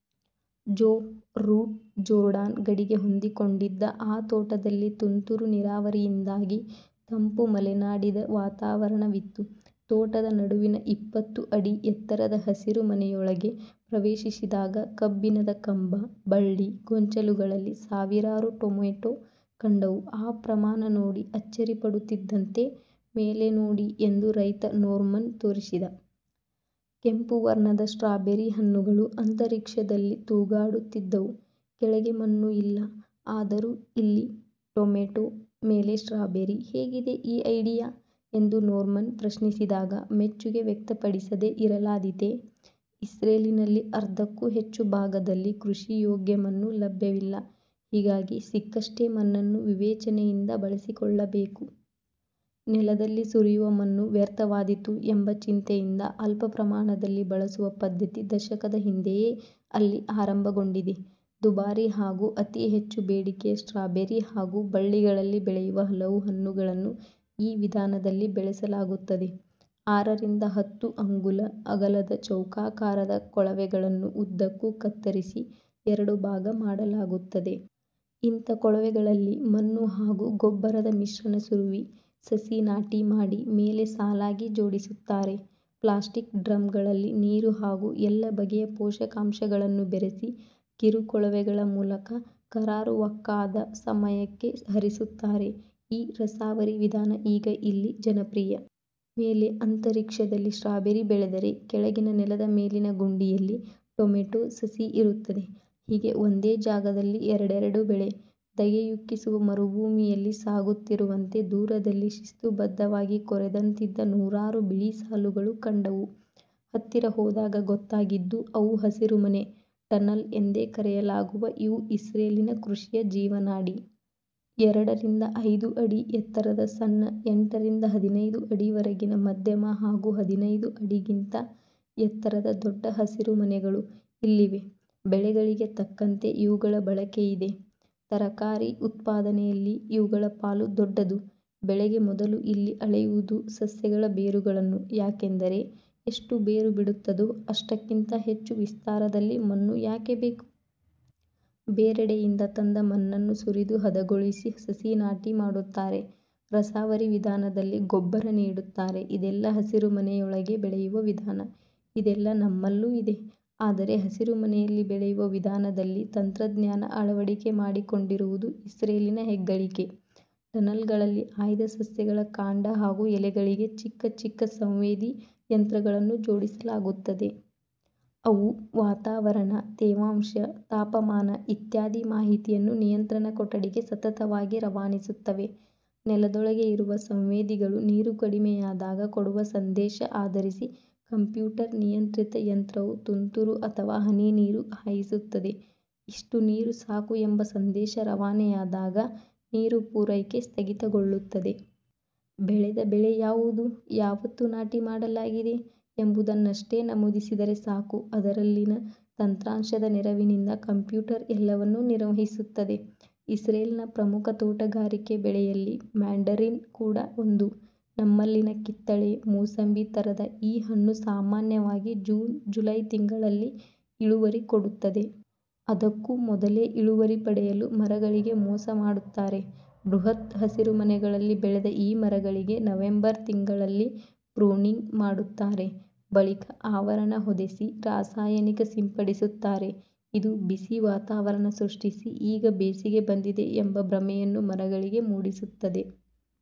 ಜೋ Root Jordan ಗಡಿಗೆ ಹೊಂದಿಕೊಂಡಿದ್ದ ಆ ತೋಟದಲ್ಲಿ ತುಂತುರು ನೀರಾವರಿಯಿಂದಾಗಿ ತಂಪು ಮಲೆನಾಡಿದ ವಾತಾವರಣವಿತ್ತು. ತೋಟದ ನಡುವಿನ ಇಪ್ಪತ್ತು ಅಡಿ ಎತ್ತರದ ಹಸಿರು ಮನೆಯೊಳಗೆ ಪ್ರವೇಶಿಸಿದಾಗ ಕಬ್ಬಿಣದ ಕಂಬ, ಬಳ್ಳಿ, ಗೊಂಚಲುಗಳಲ್ಲಿ ಸಾವಿರಾರು ಟೊಮೆಟೊ ಕಂಡವು. ಆ ಪ್ರಮಾಣ ನೋಡಿ ಅಚ್ಚರಿ ಪಡುತ್ತಿದ್ದಂತೆ ಮೇಲೆ ನೋಡಿ ಎಂದು ರೈತ ನೋರ್ಮನ್ ತೋರಿಸಿದ. ಕೆಂಪು ವರ್ಣದ ಸ್ಟ್ರಾಬೆರಿ ಹಣ್ಣುಗಳು ಅಂತರಿಕ್ಷದಲ್ಲಿ ತೂಗಾಡುತ್ತಿದ್ದವು. ಕೆಳಗೆ ಮಣ್ಣು ಇಲ್ಲ. ಆದರೂ ಇಲ್ಲಿ ಟೊಮೆಟೊ, ಮೇಲೆ ಸ್ಟ್ರಾಬೆರಿ. ಹೇಗಿದೆ ಈ ಐಡಿಯಾ? ಎಂದು ನೋರ್ಮನ್ ಪ್ರಶ್ನಿಸಿದಾಗ, ಮೆಚ್ಚುಗೆ ವ್ಯಕ್ತಪಡಿಸದೇ ಇರಲಾದೀತೆ? ಇಸ್ರೇಲಿನಲ್ಲಿ ಅರ್ಧಕ್ಕೂ ಹೆಚ್ಚು ಭಾಗದಲ್ಲಿ ಕೃಷಿಯೋಗ್ಯ ಮಣ್ಣು ಲಭ್ಯವಿಲ್ಲ. ಹೀಗಾಗಿ ಸಿಕ್ಕಷ್ಟೇ ಮಣ್ಣನ್ನು ವಿವೇಚನೆಯಿಂದ ಬಳಸಿಕೊಳ್ಳಬೇಕು. ನೆಲದಲ್ಲಿ ಸುರಿಯುವ ಮಣ್ಣು ವ್ಯರ್ಥವಾದೀತು ಎಂಬ ಚಿಂತೆಯಿಂದ ಅಲ್ಪ ಪ್ರಮಾಣದಲ್ಲಿ ಬಳಸುವ ಪದ್ಧತಿ ದಶಕದ ಹಿಂದೆಯೇ ಅಲ್ಲಿ ಆರಂಭಗೊಂಡಿದೆ. ದುಬಾರಿ ಹಾಗೂ ಅತಿ ಹೆಚ್ಚು ಬೇಡಿಕೆಯ ಸ್ಟ್ರಾಬೆರಿ ಹಾಗೂ ಬಳ್ಳಿಗಳಲ್ಲಿ ಬೆಳೆಯುವ ಹಲವು ಹಣ್ಣುಗಳನ್ನು ಈ ವಿಧಾನದಲ್ಲಿ ಬೆಳೆಸಲಾಗುತ್ತದೆ. ಆರರಿಂದ ಹತ್ತು ಅಂಗುಲ ಅಗಲದ ಚೌಕಾಕಾರದ ಕೊಳವೆಗಳನ್ನು ಉದ್ದಕ್ಕೂ ಕತ್ತರಿಸಿ, ಎರಡು ಭಾಗ ಮಾಡಲಾಗುತ್ತದೆ. ಇಂಥ ಕೊಳವೆಗಳಲ್ಲಿ ಮಣ್ಣು ಹಾಗೂ ಗೊಬ್ಬರದ ಮಿಶ್ರಣ ಸುರುವಿ, ಸಸಿ ನಾಟಿ ಮಾಡಿ ಮೇಲೆ ಸಾಲಾಗಿ ಜೋಡಿಸುತ್ತಾರೆ. ಪ್ಲಾಸ್ಟಿಕ್ ಡ್ರಮ್ಗಳಲ್ಲಿ ನೀರು ಹಾಗೂ ಎಲ್ಲ ಬಗೆಯ ಪೋಷಕಾಂಶಗಳನ್ನು ಬೆರೆಸಿ, ಕಿರು ಕೊಳವೆಗಳ ಮೂಲಕ ಕರಾರುವಾಕ್ಕಾದ ಸಮಯಕ್ಕೆ ಹರಿಸುತ್ತಾರೆ. ಈ ರಸಾವರಿ ವಿಧಾನ ಈಗ ಅಲ್ಲಿ ಜನಪ್ರಿಯ. ಮೇಲೆ ಅಂತರಿಕ್ಷದಲ್ಲಿ ಸ್ಟ್ರಾಬೆರಿ ಬೆಳೆದರೆ, ಕೆಳಗಿನ ನೆಲದ ಮೇಲಿನ ಗುಂಡಿಯಲ್ಲಿ ಟೊಮೆಟೊ ಸಸಿ ಇರುತ್ತದೆ. ಹೀಗೆ ಒಂದೇ ಜಾಗದಲ್ಲಿ ಎರಡೆರಡು ಬೆಳೆ. ಧಗೆಯುಕ್ಕಿಸುವ ಮರುಭೂಮಿಯಲ್ಲಿ ಸಾಗುತ್ತಿರುವಂತೆ ದೂರದಲ್ಲಿ ಶಿಸ್ತುಬದ್ಧವಾಗಿ ಕೊರೆದಂತಿದ್ದ ನೂರಾರು ಬಿಳಿ ಸಾಲುಗಳು ಕಂಡವು. ಹತ್ತಿರ ಹೋದಾಗ ಗೊತ್ತಾಗಿದ್ದು ಅವು ಹಸಿರುಮನೆ. ಟನಲ್ ಎಂದೇ ಕರೆಯಲಾಗುವ ಇವು ಇಸ್ರೇಲಿನ ಕೃಷಿಯ ಜೀವನಾಡಿ. ಎರಡರಿಂದ ಐದು ಅಡಿ ಎತ್ತರದ ಸಣ್ಣ, ಎಂಟರಿಂದ ಹದಿನೈದು ಅಡಿವರೆಗಿನ ಮಧ್ಯಮ ಹಾಗೂ ಹದಿನೈದು ಅಡಿಗಿಂತ ಎತ್ತರದ ದೊಡ್ಡ ಹಸಿರುಮನೆಗಳು ಇಲ್ಲಿವೆ. ಬೆಳೆಗಳಿಗೆ ತಕ್ಕಂತೆ ಇವುಗಳ ಬಳಕೆಯಿದೆ. ತರಕಾರಿ ಉತ್ಪಾದನೆಯಲ್ಲಿ ಇವುಗಳ ಪಾಲು ದೊಡ್ಡದು. ಬೆಳೆಗೆ ಮೊದಲು ಇಲ್ಲಿ ಅಳೆಯುವುದು ಸಸ್ಯಗಳ ಬೇರುಗಳನ್ನು. ಯಾಕೆಂದರೆ ಎಷ್ಟು ಬೇರು ಬಿಡುತ್ತದೋ ಅಷ್ಟಕ್ಕಿಂತ ಹೆಚ್ಚು ವಿಸ್ತಾರದಲ್ಲಿ ಮಣ್ಣು ಯಾಕೆ ಬೇಕು? ಬೇರೆಡೆಯಿಂದ ತಂದ ಮಣ್ಣನ್ನು ಸುರಿದು ಹದಗೊಳಿಸಿ, ಸಸಿ ನಾಟಿ ಮಾಡುತ್ತಾರೆ. ರಸಾವರಿ ವಿಧಾನದಲ್ಲಿ ಗೊಬ್ಬರ ನೀಡುತ್ತಾರೆ. ಇದೆಲ್ಲ ಹಸಿರುಮನೆಯೊಳಗೆ ಬೆಳೆಯುವ ವಿಧಾನ. ಇದೆಲ್ಲ ನಮ್ಮಲ್ಲೂ ಇದೆ. ಆದರೆ ಹಸಿರುಮನೆಯಲ್ಲಿ ಬೆಳೆಯುವ ವಿಧಾನದಲ್ಲಿ ತಂತ್ರಜ್ಞಾನ ಅಳವಡಿಕೆ ಮಾಡಿಕೊಂಡಿರುವುದು ಇಸ್ರೇಲಿನ ಹೆಗ್ಗಳಿಕೆ. ಟನಲ್ಗಳಲ್ಲಿ ಆಯ್ದ ಸಸ್ಯಗಳ ಕಾಂಡ ಹಾಗೂ ಎಲೆಗಳಿಗೆ ಚಿಕ್ಕ ಚಿಕ್ಕ ಸಂವೇದಿ ಯಂತ್ರಗಳನ್ನು ಜೋಡಿಸಲಾಗುತ್ತದೆ. ಅವು ವಾತಾವರಣ, ತೇವಾಂಶ, ತಾಪಮಾನ ಇತ್ಯಾದಿ ಮಾಹಿತಿಯನ್ನು ನಿಯಂತ್ರಣ ಕೊಠಡಿಗೆ ಸತತವಾಗಿ ರವಾನಿಸುತ್ತವೆ. ನೆಲದೊಳಗೇ ಇರುವ ಸಂವೇದಿಗಳು ನೀರು ಕಡಿಮೆಯಾದಾಗ ಕೊಡುವ ಸಂದೇಶ ಆಧರಿಸಿ ಕಂಪ್ಯೂಟರ್ ನಿಯಂತ್ರಿತ ಯಂತ್ರವು ತುಂತುರು ಅಥವಾ ಹನಿ ನೀರು ಹಾಯಿಸುತ್ತದೆ. ಇಷ್ಟು ನೀರು ಸಾಕು ಎಂಬ ಸಂದೇಶ ರವಾನೆಯಾದಾಗ ನೀರು ಪೂರೈಕೆ ಸ್ಥಗಿತಗೊಳ್ಳುತ್ತದೆ. ಬೆಳೆದ ಬೆಳೆ ಯಾವುದು? ಯಾವತ್ತು ನಾಟಿ ಮಾಡಲಾಗಿದೆ ಎಂಬುದನ್ನಷ್ಟೇ ನಮೂದಿಸಿದರೆ ಸಾಕು, ಅದರಲ್ಲಿನ ತಂತ್ರಾಂಶದ ನೆರವಿನಿಂದ ಕಂಪ್ಯೂಟರ್ ಎಲ್ಲವನ್ನು ನಿರ್ವಹಿಸುತ್ತದೆ. ಇಸ್ರೇಲ್ನ ಪ್ರಮುಖ ತೋಟಗಾರಿಕೆ ಬೆಳೆಯಲ್ಲಿ ಮ್ಯಾಂಡರಿನ್ ಕೂಡ ಒಂದು. ನಮ್ಮಲ್ಲಿನ ಕಿತ್ತಳೆ, ಮೂಸಂಬಿ ಥರದ ಈ ಹಣ್ಣು ಸಾಮಾನ್ಯವಾಗಿ ಜೂನ್ ಜುಲೈ ತಿಂಗಳಲ್ಲಿ ಇಳುವರಿ ಕೊಡುತ್ತದೆ. ಅದಕ್ಕೂ ಮೊದಲೇ ಇಳುವರಿ ಪಡೆಯಲು ಮರಗಳಿಗೇ ಮೋಸ ಮಾಡುತ್ತಾರೆ. ಬೃಹತ್ ಹಸಿರುಮನೆಗಳಲ್ಲಿ ಬೆಳೆದ ಈ ಮರಗಳಿಗೆ ನವೆಂಬರ್ ತಿಂಗಳಲ್ಲಿ ಪ್ರೂನಿಂಗ್ ಮಾಡುತ್ತಾರೆ. ಬಳಿಕ ಆವರಣ ಹೊದೆಸಿ, ರಾಸಾಯನಿಕ ಸಿಂಪಡಿಸುತ್ತಾರೆ. ಇದು ಬಿಸಿ ವಾತಾವರಣ ಸೃಷ್ಟಿಸಿ ಈಗ ಬೇಸಿಗೆ ಬಂದಿದೆ ಎಂಬ ಭ್ರಮೆಯನ್ನು ಮರಗಳಿಗೆ ಮೂಡಿಸುತ್ತದೆ.